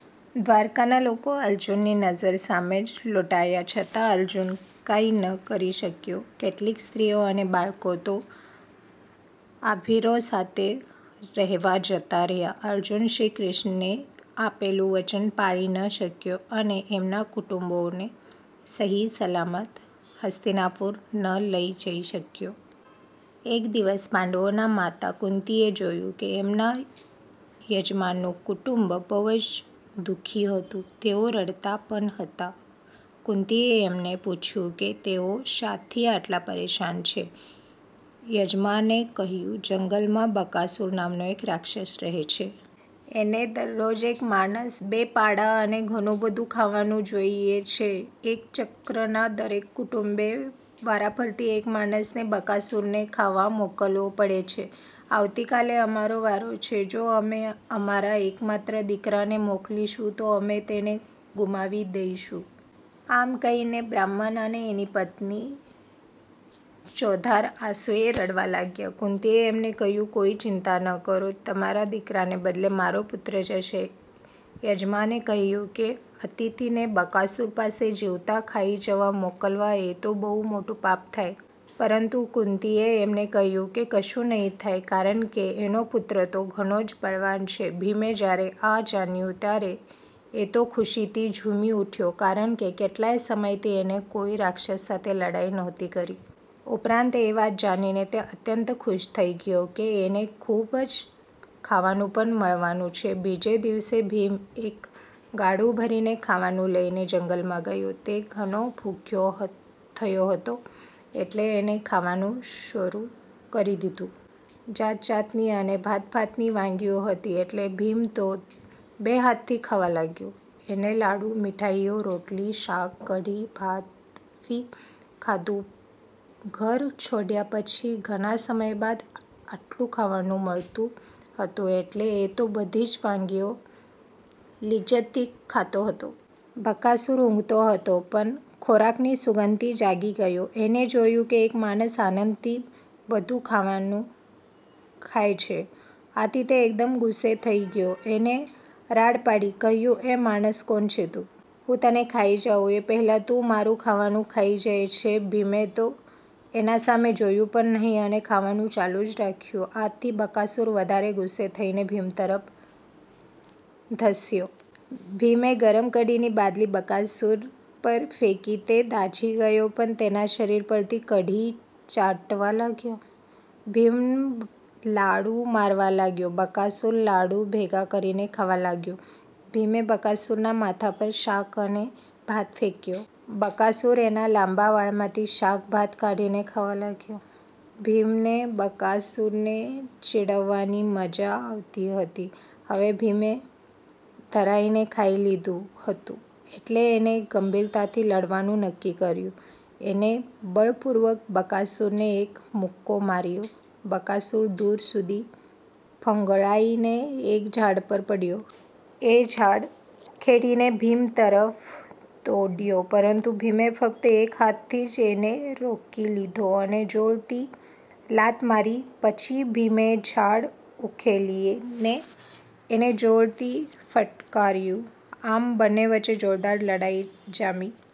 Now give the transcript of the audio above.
દ્વારિકાના લોકો અર્જુનની નજર સામે જ લુંટાયા છતાં અર્જુન કાંઈ ન કરી શક્યો! કેટલીક સ્ત્રીઓ અને બાળકો તો। આભીરો સાથે રહેવા જતા રહ્યા. અર્જુન શ્રીકૃષ્ણને આપેલું વચન પાળી ન શક્યો અને એમના કુટુંબીઓને સહી સલામત હસ્તિનાપુર ન લઇ જઈ શક્યો. એક દિવસ પાંડવોના માતા કુંતીએ જોયું કે એમના યજમાનનું કુટુંબ બહુ જ દુ:ખી હતું. તેઓ રડતા પણ હતા. કુંતીએ એમને પૂછ્યું કે તેઓ શાથી આટલા પરેશાન છે? યજમાને કહ્યું, "જંગલમાં બકાસુર નામનો એક રાક્ષસ રહે છે. એને દરરોજ એક માણસ, બે પાડા અને ઘણું બધું ખાવાનું જોઈએ છે. એકચક્રના દરેક કુટુંબે વારાફરતી એક માણસને બકાસુરને ખાવા મોકલવો પડે છે. આવતીકાલે અમારો વારો છે. જો અમે અમારા એકમાત્ર દીકરાને મોકલીશું તો અમે તેને ગુમાવી દઈશું". આમ કહીને બ્રાહ્મણ અને એની પત્ની ચોધાર આંસુએ રડવા લાગ્યા. કુંતીએ એમને કહ્યું, "કોઈ ચિંતા ન કરો. તમારા દીકરાને બદલે મારો પુત્ર જશે". યજમાને કહ્યું કે અતિથીને બકાસુર પાસે જીવતા ખાઈ જવા મોકલવા એ તો બહુ મોટું પાપ થાય. પરંતુ કુંતીએ એમને કહ્યું કે કશું નહીં થાય કારણકે એનો પુત્ર તો ઘણો જ બળવાન છે. ભીમે જયારે આ જાણ્યું ત્યારે એ તો ખુશીથી ઝુમી ઉઠ્યો કારણકે કેટલાય સમયથી એણે કોઈ રાક્ષસ સાથે લડાઈ નહોતી કરી. ઉપરાંત એ વાત જાણીને તે અત્યંત ખુશ થઇ ગયો કે એને ખુબ જ ખાવાનું પણ મળવાનું છે! બીજે દિવસે ભીમ એક ગાડું ભરીને ખાવાનું લઈને જંગલમાં ગયો. તે ઘણો ભૂખ્યો થયો હતો એટલે એણે ખાવાનું શરુ કરી દીધું. જાત જાતની અને ભાત ભાતની વાનગીઓ હતી એટલે ભીમ તો બે હાથથી ખાવા લાગ્યો! એણે લાડુ, મીઠાઈઓ, રોટલી, શાક, કઢી, ભાત વિ. ખાધું. ઘર છોડ્યા પછી ઘણા સમય બાદ આટલું ખાવાનું મળતું હતું એટલે એ તો બધી જ વાનગીઓ લિજજતથી ખાતો હતો. બકાસુર ઉંઘતો હતો પણ ખોરાકની સુગંધથી જાગી ગયો. એણે જોયું કે એક માણસ આનંદથી બધું ખાવાનું ખાય છે. આથી તે એકદમ ગુસ્સે થઇ ગયો. એણે રાડ પાડી કહ્યું, "એ માણસ! કોણ છે તું? હું તને ખાઈ જાઉં એ પહેલાં તું મારું ખાવાનું ખાઈ જાય છે? " ભીમે તો એની સામે જોયું પણ નહીં અને ખાવાનું ચાલુ જ રાખ્યું. આથી બકાસુર વધારે ગુસ્સે થઈને ભીમ તરફ ધસ્યો. ભીમે ગરમ કઢીની બાલદી બકાસુર પર ફેંકી. તે દાઝી ગયો પણ તેના શરીર પરથી કઢી ચાટવા લાગ્યો. ભીમ લાડુ મારવા લાગ્યો. બકાસુર લાડુ ભેગા કરીને ખાવા લાગ્યો. ભીમે બકાસુરના માથા પર શાક અને ભાત ફેંક્યા. બકાસુર એના લાંબા વાળમાંથી શાક-ભાત કાઢીને ખાવા લાગ્યો. ભીમને, બકાસુરને ચીડવવાની મજા આવતી હતી. હવે ભીમે ધરાઈને ખાઈ લીધું હતું એટલે એણે ગંભીરતાથી લડવાનું નક્કી કર્યું. એણે બળપૂર્વક બકાસુરને એક મુક્કો માર્યો. બકાસુર દુર સુધી ફંગોળાઈને એક ઝાડ પર પડ્યો. એ ઝાડ ઉખેડીને ભીમ તરફ દોડ્યો. પરંતુ ભીમે ફક્ત એક હાથથી જ એને રોકી લીધો અને જોરથી લાત મારી. પછી ભીમે ઝાડ ઉખેડીને એને જોરથી ફટકાર્યું. આમ બંને વચ્ચે જોરદાર લડાઈ જામી.